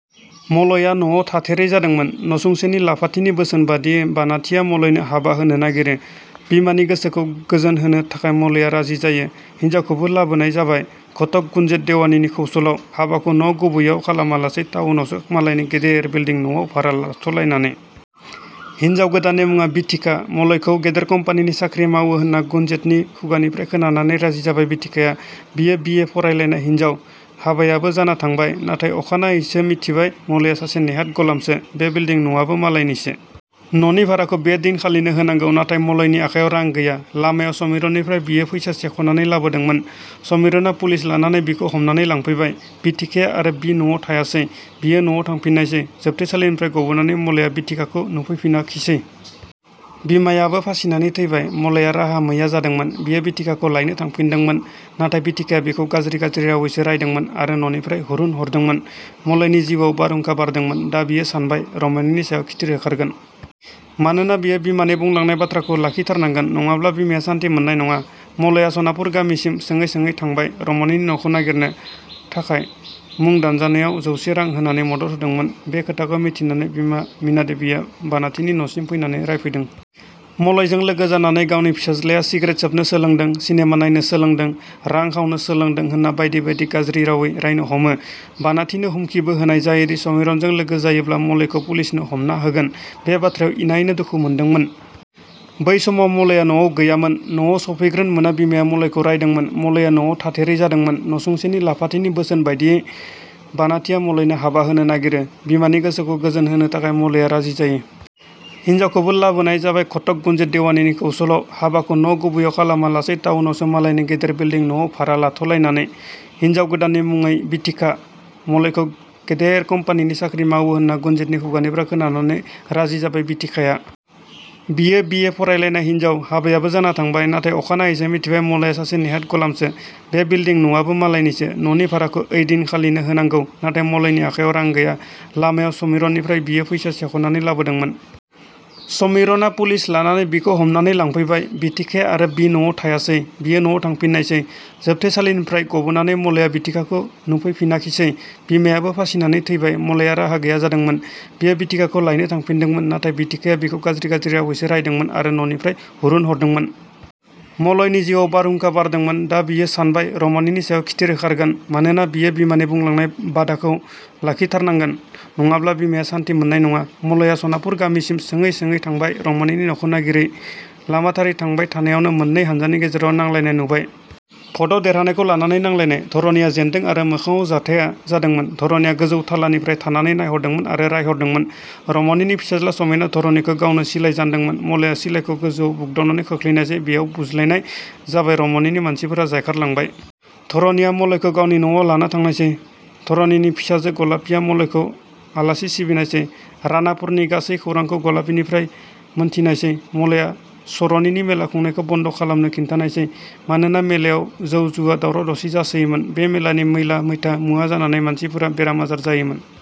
मलया न'आव थाथेरै जादोंमोन। नसुंसेनि लाफाथिनि बोसोन बायदियै बानाथिया मलयनो हाबा होनो नागिरो। बिमानि गोसोखौ गोजोन होनो थाखाय मलया राजि जायो। हिन्जावखौबो लाबोनाय जाबाय घटक गुनजेट देवानिनि खौसलाव। हाबाखौ न' गुबैयाव खालामा लासै टाउनावसो मालायनि गेदेर बिलदिं न 'आव भारा लाथ 'लायनानै। हिनजाव गोदाननि मुङा बिथिका। मलयखौ गेदेर कम्पानिनि साख्रि मावो होनना गुनजेटनि खुगानिफ्राय खोनानानै राजि जाबाय बिथिकाया। बियो बि. ए. फरायलायनाय हिनजाव। हाबायाबो जाना थांबाय। नाथाय अखानायैसो मिथिबाय मलया सासे नेहाद गलामसो। बे बिलदिं न 'आबो मालायनिसो। न'नि भाराखौ बे दिन खालिनो होनांगौ। नाथाय मलयनि आखाइयाव रां गैया। लामायाव समिरननिफ्राय बियो फैसा सेख 'नानै लाबोदोंमोन। समिरनआ पुलिस लानानै बिखौ हमनानै लांफैबाय। बिथिकाया आरो बि न'आव थायासै। बियो न'आव थांफिननायसै। जोबथेसालिनिफ्राय गबोनानै मलया बिथिकाखौ, नुफैफिनाखिसै। बिमायाबो फासिनानै थैबाय। मलया राहा मैया जादोंमोन। बियो बिथिकाखौ लायनो थांफिनदोंमोन। नाथाय बिथिकाया बिखौ गाज्रि गाज्रि रावैसो रायदोंमोन आरो न 'निफ्राय हुरुनहरदोंमोन। मलयनि जिउवाव बारहुंखा बारदोंमोन। दा बियो सानबाय रमनिनि सायाव खिथिर होखारगोन। मानोना बियो बिमानि बुंलांनाय बाथ्राखौ लाखि थारनांगोन। नङाब्ला बिमाया सान्थि मोननाय नङा। मलया सनापुर गामिसिम सोङै सोङै थांबाय रमनिनि न 'खौ नागिरनो थाखाय मुं दानजानायाव जौसे रां होनानै मदद होदोंमोन। बे खोथाखौ मिथिनानै बिमा मिना देवीया बानाथिनि न 'सिम फैनानै रायफैदों। मलयजों लोगो जानानै गावनि फिसाज्लाया सिग्रेट सोबनो सोलोंदों, सिनेमा नायनो सोलोंदों, रां खावनो सोलोंदों होनना बायदि बायदि गाज्रि रावै रायनो हमो। बानाथिनो हुमखिबो होनाय जायोदि समिरनजों लोगो जायोब्ला मलयखौ पुलिसनो हमना होगोन। बे बाथ्रायाव इनायनो दुखु मोनदोंमोन। बै समाव मलया न 'आव गैयामोन। न 'आव सफैग्रोन मोना बिमाया मलयखौ रायदोंमोन। मलया न 'आव थाथेरै जादोंमोन। नसुंसेनि लाफाथिनि बोसोन बायदियै बानाथिया मलयनो हाबा होनो नागिरो। बिमानि गोसोखौ गोजोन होनो थाखाय मलया राजि जायो। हिन्जावखौबो लाबोनाय जाबाय घटक गुनजेट देवानिनि खौसलाव। हाबाखौ न' गुबैयाव खालामा लासै टाउनावसो मालायनि गेदेर बिलदिं न 'आव भारा लाथ 'लायनानै। हिनजाव गोदाननि मुङै बिथिका। मलयखौ गेदेर कम्पानिनि साख्रि मावो होनना गुनजेटनि खुगानिफ्राय खोनानानै राजि जाबाय बिथिकाया। बियो बि. ए. फरायलायनाय हिनजाव। हाबायाबो जाना थांबाय। नाथाय अखानायैसो मिथिबाय मलया सासे नेहाद गलामसो। बे बिलदिं न 'आबो मालायनिसो। न'नि भाराखौ ऐ दिन खालिनो होनांगौ। नाथाय मलयनि आखाइयाव रां गैया। लामायाव समिरननिफ्राय बियो फैसा सेख 'नानै लाबोदोंमोन। समिरनआ पुलिस लानानै बिखौ हमनानै लांफैबाय। बिथिकाया आरो बि न'आव थायासै। बियो न'आव थांफिननायसै। जोबथेसालिनिफ्राय गबोनानै मलया बिथिकाखौ, नुफैफिनाखिसै। बिमायाबो फासिनानै थैबाय। मलया राहा गैया जादोंमोन। बियो बिथिकाखौ लायनो थांफिनदोंमोन। नाथाय बिथिकाया बिखौ गाज्रि गाज्रि रावैसो रायदोंमोन आरो न 'निफ्राय हुरुनहरदोंमोन। मलयनि जिउवाव बारहुंखा बारदोंमोन। दा बियो सानबाय रमनिनि सायाव खिथिर होखारगोन। मानोना बियो बिमानि बुंलांनाय बाधाखौ लाखिथारनांगोन। नङाब्ला बिमाया सान्थि मोननाय नङा। मलया सनापुर गामिसिम सोङै सोङै थांबाय रमनिनि न 'खौ नागिरै। लामाथारै थांबाय थानायावनो मोननै हानजानि गेजेराव नांलायनाय नुबाय। भटआव देरहानायखौ लानानै नांलायनाय। धरणीया जेन्दों आरो मोखाङाव जाथाइया जादोंमोन धरणीया गोजौ थालानिफ्राय थानानै नायहरदोंमोन आरो रायहरदोंमोन। रमनिनि फिसाज्ला समेना धरणीखौ गावनो सिलाइ जानदोंमोन मलया सिलाइखौ गोजौआव बुग्दावनानै खोख्लैनायसै। बेयाव बुज्लायनाय जाबाय रमनिनि मानसिफोरा जायखारलांबाय। धरणीया मलयखौ गावनि न'आव लाना थांनायसै। धरणीनि फिसाजो गलापीया मलयखौ आलासि सिबिनायसै। रानापुरनि गासै खौरांखौ गलापीनिफ्राय मोनथिनायसै मलया चरणीनि मेला खुंनायखौ बन्द खालामनो खिन्थानायसै। मानोना मेलायाव जौ जुवा, दावराव-दावसि जासोयोमोन बे मेलानि मैला मैथा मुवा जानानै मानसिफोरा बेराम आजार जायोमोन।